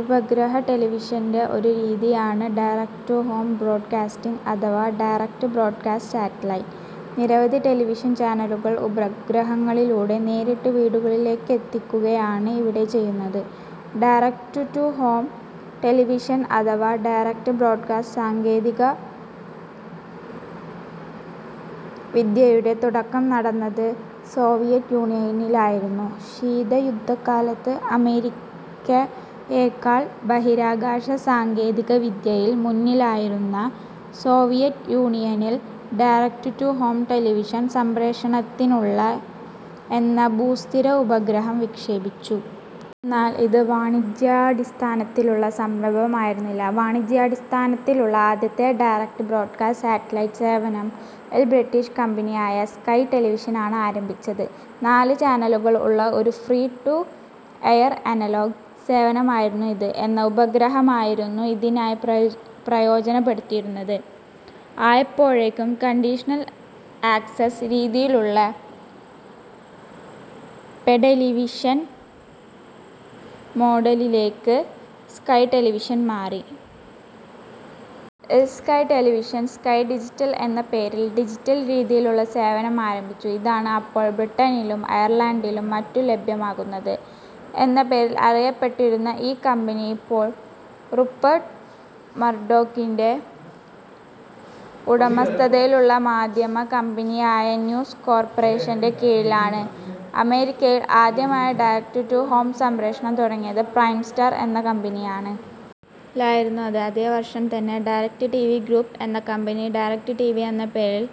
ഉപഗ്രഹ ടെലിവിഷന്റെ ഒരു രീതിയാണ് ഡയറക്ട്-ടു-ഹോം ബ്രോഡ്കാസ്റ്റിംഗ് അഥവ ഡയറക്ട് ബ്രോഡ്കാസ്റ്റ് സാറ്റലൈറ്റ്. നിരവധി ടെലിവിഷൻ ചാനലുകൾ ഉപഗ്രഹങ്ങളിലൂടെ നേരിട്ട് വീടുകളിലേക്കെത്തിക്കുകയാണ് ഇവിടെ ചെയ്യുന്നത്. ഡയറക്ട്-ടു-ഹോം ടെലിവിഷൻ അഥവാ ഡയറക്ട് ബ്രോഡ്കാസ്റ്റ് സാങ്കേതിക വിദ്യയുടെ തുടക്കം നടന്നത് സോവിയറ്റ് യൂണിയനിലായിരുന്നു. ശീതയുദ്ധകാലത്ത് അമേരിക്കയേക്കാൾ ബഹിരാകാശ സാങ്കേതിക വിദ്യയിൽ മുന്നിലായിരുന്ന സോവിയറ്റ് യൂണിയൻ -ൽ ഡയറക്ട്-ടു-ഹോം ടെലിവിഷൻ സംപ്രേഷണത്തിനുള്ള എന്ന ഭൂസ്ഥിര ഉപഗ്രബഹം വിക്ഷേപിച്ചു. എന്നാൽ ഇത് വാണിജ്യാടിസ്ഥാനത്തിലുള്ള സംരംഭം ആയിരുന്നില്ല. വാണിജ്യാടിസ്ഥാനത്തിലുള്ള ആദ്യത്തെ ഡയറക്ട് ബ്രോഡ്കാസ്റ്റ് സാറ്റലൈറ്റ് സേവനം -ൽ ബ്രിട്ടീഷ് കമ്പനിയായ സ്കൈ ടെലിവിഷനാണ് ആരംഭിച്ചത്. നാല് ചാനലുകൾ ഉള്ള ഒരു ഫ്രീ ടു-എയർ-അനലോഗ് സേവനമായിരുന്നു ഇത്. എന്ന ഉപഗ്രഹമായിരുന്നു ഇതിനായി പ്രയോജനപ്പെടുത്തിയിരുന്നത്. ആയപ്പോഴേക്കും കണ്ടീഷണൽ ആക്സ്സസ് രീതിയിലുള്ള പേ ടെലിവിഷൻ മോഡലിലേക്ക് സ്കൈ ടെലിവിഷൻ മാറി. -ൽ സ്കൈ ടെലിവിഷൻ, സ്കൈ ഡിജിറ്റൽ എന്ന പേരിൽ ഡിജിറ്റൽ രീതിയിലുള്ള സേവനം ആരംഭിച്ചു. ഇതാണ് ഇപ്പോൾ ബ്രിട്ടനിലും അയർലണ്ടിലും മറ്റും ലഭ്യമാകുന്നത്. എന്ന പേരിൽ അറിയപ്പെട്ടിരുന്ന ഈ കമ്പനി ഇപ്പോൾ റുപ്പർട്ട് മർഡോക്കിൻറെ ഉടമസ്ഥതയിലുള്ള മാധ്യമ കമ്പനിയായ ന്യൂസ് കോർപ്പറേഷൻറെ കീഴിലാണ്. അമേരിക്കയിൽ ആദ്യമായി ഡയറക്ട്-ടു-ഹോം സംപ്രേഷണം തുടങ്ങിയത് പ്രൈം സ്റ്റാർ എന്ന കമ്പനിയാണ്. -ലായിരുന്നു അത്. അതേ വർഷം തന്നെ ഡയറക്ട് ടിവി ഗ്രൂപ്പ് എന്ന കമ്പനി ഡയറക് ടിവി എന്ന പേരിൽ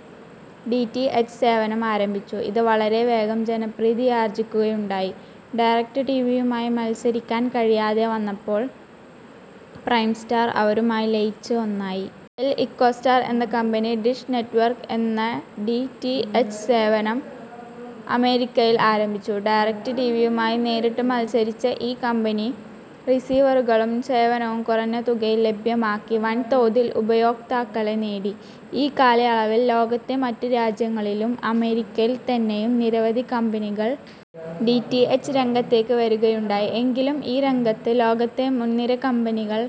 ഡി. റ്റി. എച്ച്. സേവനം ആരംഭിച്ചു. ഇത് വളരെ വേഗം ജനപ്രീതിയാർജ്ജിക്കുകയുണ്ടായി. ഡയറക്ട് ടിവിയുമായി മത്സരിക്കാൻ കഴിയാതെ വന്നപ്പോൾ പ്രൈം സ്റ്റാർ അവരുമായി ലയിച്ച് ഒന്നായി. -ൽ ഇക്കോസ്റ്റാർ എന്ന കമ്പനി ഡിഷ് നെറ്റ്വർക്ക് എന്ന ഡി. റ്റി. എച്ച്. സേവനം അമേരിക്കയിൽ ആരംഭിച്ചു. ഡയറക്ട് ടിവിയുമായി നേരിട്ട് മത്സരിച്ച ഈ കമ്പനി റീസിവറുകളും സേവനവും കുറഞ്ഞ തുകയിൽ ലഭ്യമാക്കി വൻതോതിൽ ഉപയോക്താക്കളെ നേടി. ഈ കാലയളവിൽ ലോകത്തെ മറ്റ് രാജ്യങ്ങളിലും അമേരിക്കയിൽ തന്നെയും നിരവധി കമ്പനികൾ ഡി. റ്റി. എച്ച്. രംഗത്തേക്ക് വരികയുണ്ടായി. എങ്കിലും ഈ രംഗത്ത് ലോകത്തെ മുൻനിര കമ്പനികൾ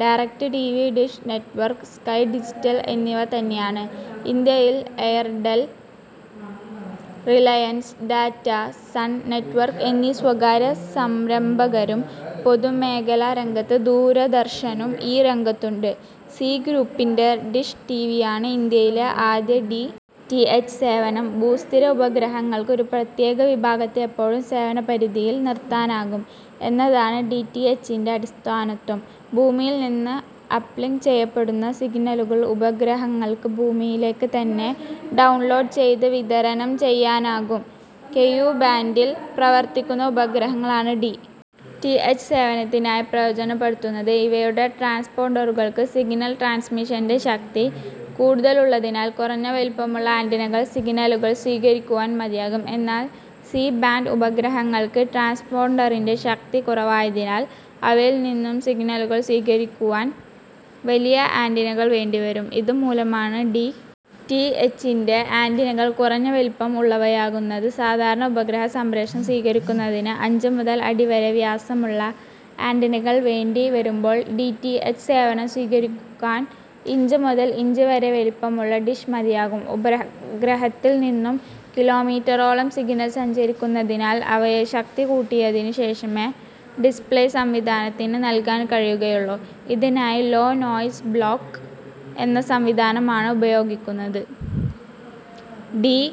direct TV, dish network, sky digital എന്നിവ തന്നെയാണ്. ഇന്ത്യയിൽ എയർടെൽ, റിലയൻസ്, ടാറ്റ, സൺ നെറ്റ്വർക്ക് എന്നീ സ്വകാര്യ സംരംഭകരും പൊതുമേഖലാ രംഗത്ത് ദൂരദർശനും ഈ രംഗത്തുണ്ട്. സീ ഗ്രൂപ്പിൻറെ ഡിഷ് ടിവിയാണ് ഇന്ത്യയിലെ ആദ്യ ഡി. റ്റി. എച്ച്. സേവനം. ഭൂസ്ഥിര ഉപഗ്രഹങ്ങൾക്ക് ഒരു പ്രത്യേക വിഭാഗത്തെ എപ്പോഴും സേവനപരിധിയിൽ നിർത്താനാകും എന്നതാണ് ഡി. റ്റി. എച്ചിൻറെ അടിസ്ഥാനതത്വം.. ഭൂമിയിൽ നിന്ന് അപ്ലിങ്ക് ചെയ്യപ്പെടുന്ന സിഗ്നലുകൾ ഉപഗ്രഹങ്ങൾക്ക് ഭൂമിയിലേക്ക് തന്നെ ഡൌൺലോഡ് ചെയ്ത് വിതരണം ചെയ്യാനാകും. കെയു ബാൻഡിൽ പ്രവർത്തിക്കുന്ന ഉപഗ്രഹങ്ങളാണ് ഡി. റ്റി. എച്ച്. സേവനത്തിനായി പ്രയോജനപ്പെടുത്തുന്നത്. ഇവയുടെ ട്രാൻസ്പോണ്ടറുകൾക്ക് സിഗ്നൽ ട്രാൻസ്മിഷൻറെ ശക്തി കൂടുതലുള്ളതിനാൽ കുറഞ്ഞ വലിപ്പമുള്ള ആൻറിനകൾ സിഗ്നലുകൾ സ്വീകരിക്കുവാൻ മതിയാകും. എന്നാൽ സി-ബാൻഡ് ഉപഗ്രഹങ്ങൾക്ക് ട്രാൻസ്പോണ്ടറിൻറെ ശക്തി കുറവായതിനാൽ അവയിൽ നിന്നും സിഗ്നലുകൾ സ്വീകരിക്കുവാൻ വലിയ ആൻറിനകൾ വേണ്ടി വരും. ഇതു മൂലമാണ് ഡി. റ്റി. എച്ചിൻറെ ആൻറിനകൾ കുറഞ്ഞ വലിപ്പം ഉള്ളവയാകുന്നത്. സാധാരണ ഉപഗ്രഹ സംപ്രേഷണം സ്വീകരിക്കുന്നതിന് അഞ്ച് മുതൽ അടി വരെ വ്യാസമുളള ആൻറിനകൾ വേണ്ടി വരുമ്പോൾ ഡി. റ്റി. എച്ച്. സേവനം സ്വീകരിക്കാൻ ഇഞ്ച് മുതൽ ഇഞ്ച് വരെ വലിപ്പമുള്ള ഡിഷ് മതിയാകും. ഉപഗ്രഹത്തിൽ നിന്നും കിലോമീറ്ററോളം സിഗ്നൽ സഞ്ചരിക്കുന്നതിനാൽ അവയെ ശക്തി കൂട്ടിയതിന് ശേഷമേ ഡിസ്പ്ലേ സംവിധാനത്തിന് നൽകാൻ കഴിയുകയുള്ളു. ഇതിനായി ലോ നോയിസ് ബ്ലോക്ക് എന്ന സംവിധാനമാണ് ഉപയോഗിക്കുന്നത്. ഡി.